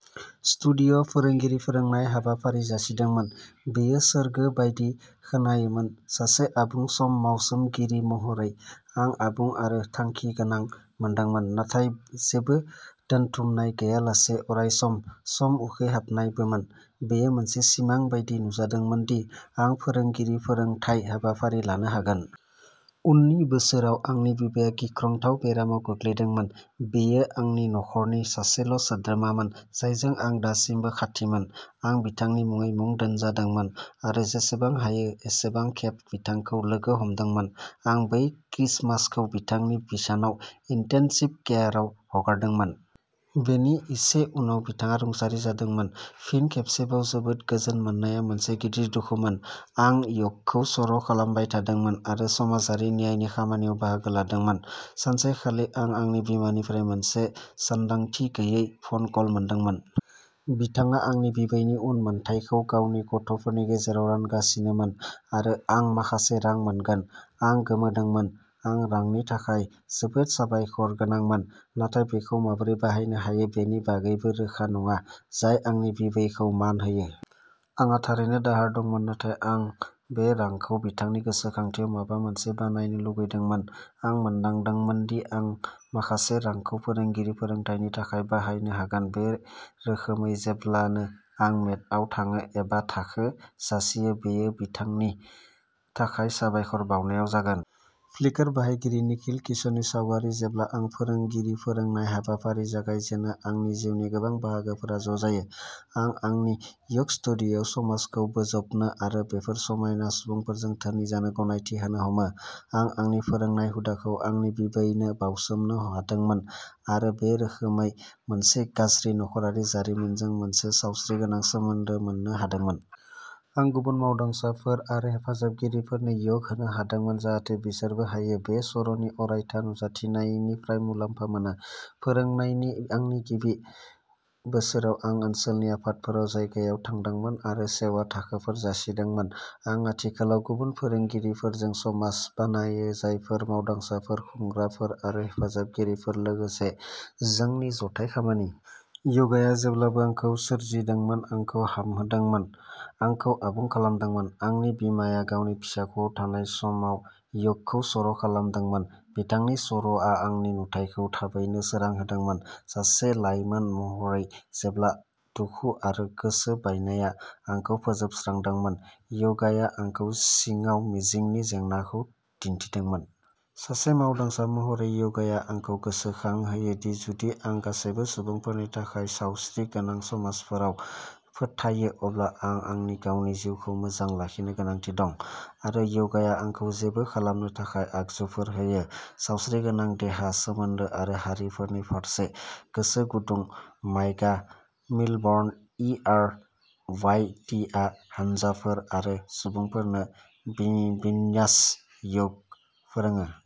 स्टुडिय'आ फोरोंगिरि फोरोंनाय हाबाफारि जासिदोंमोन। बेयो सोरगो बायदि खोनायोमोन। सासे आबुं सम मावसोमगिरि महरै आं आबुं आरो थांखिगोनां मोनदोंमोन नाथाय जेबो दोनथुमनाय गैयालासे अरायसम सम उखैहाबनायबो मोन। बेयो मोनसे सिमां बायदि नुजादोंमोन दि आं फोरोंगिरि फोरोंथाय हाबाफारि लानो हागोन। उननि बोसोराव आंनि बिबैया गिख्रंथाव बेरामाव गोग्लैदोंमोन। बियो आंनि न'खरनि सासेल' सोद्रोमामोन जायजों आं दासिमबो खाथिमोन। आं बिथांनि मुङै मुं दोनजादोंमोन आरो जेसेबां हायो एसेबां खेब बिथांखौ लोगो हमदोंमोन। आं बै क्रिसमासखौ बिथांनि बिसानाव इन्टेन्सिभ केयाराव हगारदोंमोन। बेनि एसे उनाव बिथाङा रुंसारि जादोंमोन। फिन खेबसेबाव जोबोद गोजोन मोननाया मोनसे गिदिर दुखुमोन। आं य'गखौ सर' खालामबाय थादोंमोन आरो समाजारि न्यायनि खामानियाव बाहागो लादोंमोन। सानसेखालि आं आंनि बिमानिफ्राय मोनसे सानदांथि गैयै फ'न कल मोनदोंमोन। बिथाङा आंनि बिबौनि उनमोनथायखौ गावनि गथ'फोरनि गेजेराव रानगासिनोमोन आरो आं माखासे रां मोनगोन। आं गोमोदोंमोन। आं रांनि थाखाय जोबोद साबायखरगोनांमोन। नाथाय बेखौ माबोरै बाहायनो हायो बेनि बागैबो रोखा नङा जाय आंनि बिबैखौ मान होयो। आंहा थारैनो दाहार दंमोन नाथाय आं बे रांखौ बिथांनि गोसोखांथियाव माबा मोनसे बानायनो लुगैदोंमोन। आं मोनदांदोंमोन दि आं माखासे रांखौ फोरोंगिरि फोरोंथायनि थाखाय बाहायनो हागोन। बे रोखोमै जेब्लानो आं मेटआव थाङो एबा थाखो जासियो बेयो बिथांनि थाखाय साबायखर बावनायाव जागोन। फ्लिकार बाहायगिरि निखिल किर्शनि सावगारि जेब्ला आं फोरोंगिरि फोरोंनाय हाबाफारि जागायजेनो आंनि जिउनि गोबां बाहागोफोरा ज' जायो। आं आंनि य'ग स्टुडिय'आव समाजखौ बोजबनो आरो बेफोर समायना सुबुंफोरजों धोनि जानो गनायथि होनो हमो। आं आंनि फोरोंनाय हुदाखौ आंनि बिबैनो बावसोमनो हादोंमोन आरो बे रोखोमै मोनसे गाज्रि न'ख'रारि जारिमिनजों मोनसे सावस्रिगोनां सोमोन्दो मोन्नो हादोंमोन। आं गुबुन मावदांसाफोर आरो हेफाजाबगिरिफोरनो य'ग होनो हादोंमोन जाहाथे बिसोरबो हायो। बे सर'नि अरायथा नुजाथिनायनिफ्राय मुलाम्फा मोनो। फोरोंनायनि आंनि गिबि बोसोराव आं ओनसोलनि आफादफोराव जायगायाव थांदोंमोन आरो सेवा थाखोफोर जासिदोंमोन। आं आथिखालाव गुबुन फोरोंगिरिफोरजों समाज बानायो जायफोरा मावदांसाफोर खुंग्राफोर आरो हेफाजाबगिरिफोर लोगोसे जोंनि जथाय खामानि। य'गाया जेब्लाबो आंखौ सोरजिदोंमोन आंखौ हामहोदोंमोन आंखौ आबुं खालामदोंमोन। आंनि बिमाया गावनि फिसाख'आव थानाय समाव य'गखौ सर' खालामदोंमोन। बिथांनि सर'आ आंनि नुथायखौ थाबैनो सोरां होदोंमोन। सासे लाइमोन महरै जेब्ला दुखु आरो गोसो बायनाया आंखौ फोजोबस्रांदोंमोन य'गाया आंखौ सिङाव मिजिंनि जोंनायखौ दिन्थिदोंमोन। सासे मावदांसा महरै य'गाया आंखौ गोसोखांहोयो दि जुदि आं गासैबो सुबुंफोरनि थाखाय सावस्रिगोनां समाजफोराव फोथायो अब्ला आं आंनि गावनि जिउखौ मोजां लाखिनो गोनांथि दं। आरो य'गाया आंखौ बेखौ खालामनो थाखाय आगजुफोर होयो। सावस्रिगोनां देहा सोमोन्दो आरो हारिफोरनि फारसे गोसो गुदुं माइगा मिलबर्न इ-आर. वाइ. टि. आ हानजाफोर आरो सुबुंफोरनो बिन बिन्यास य'ग फोरोङो।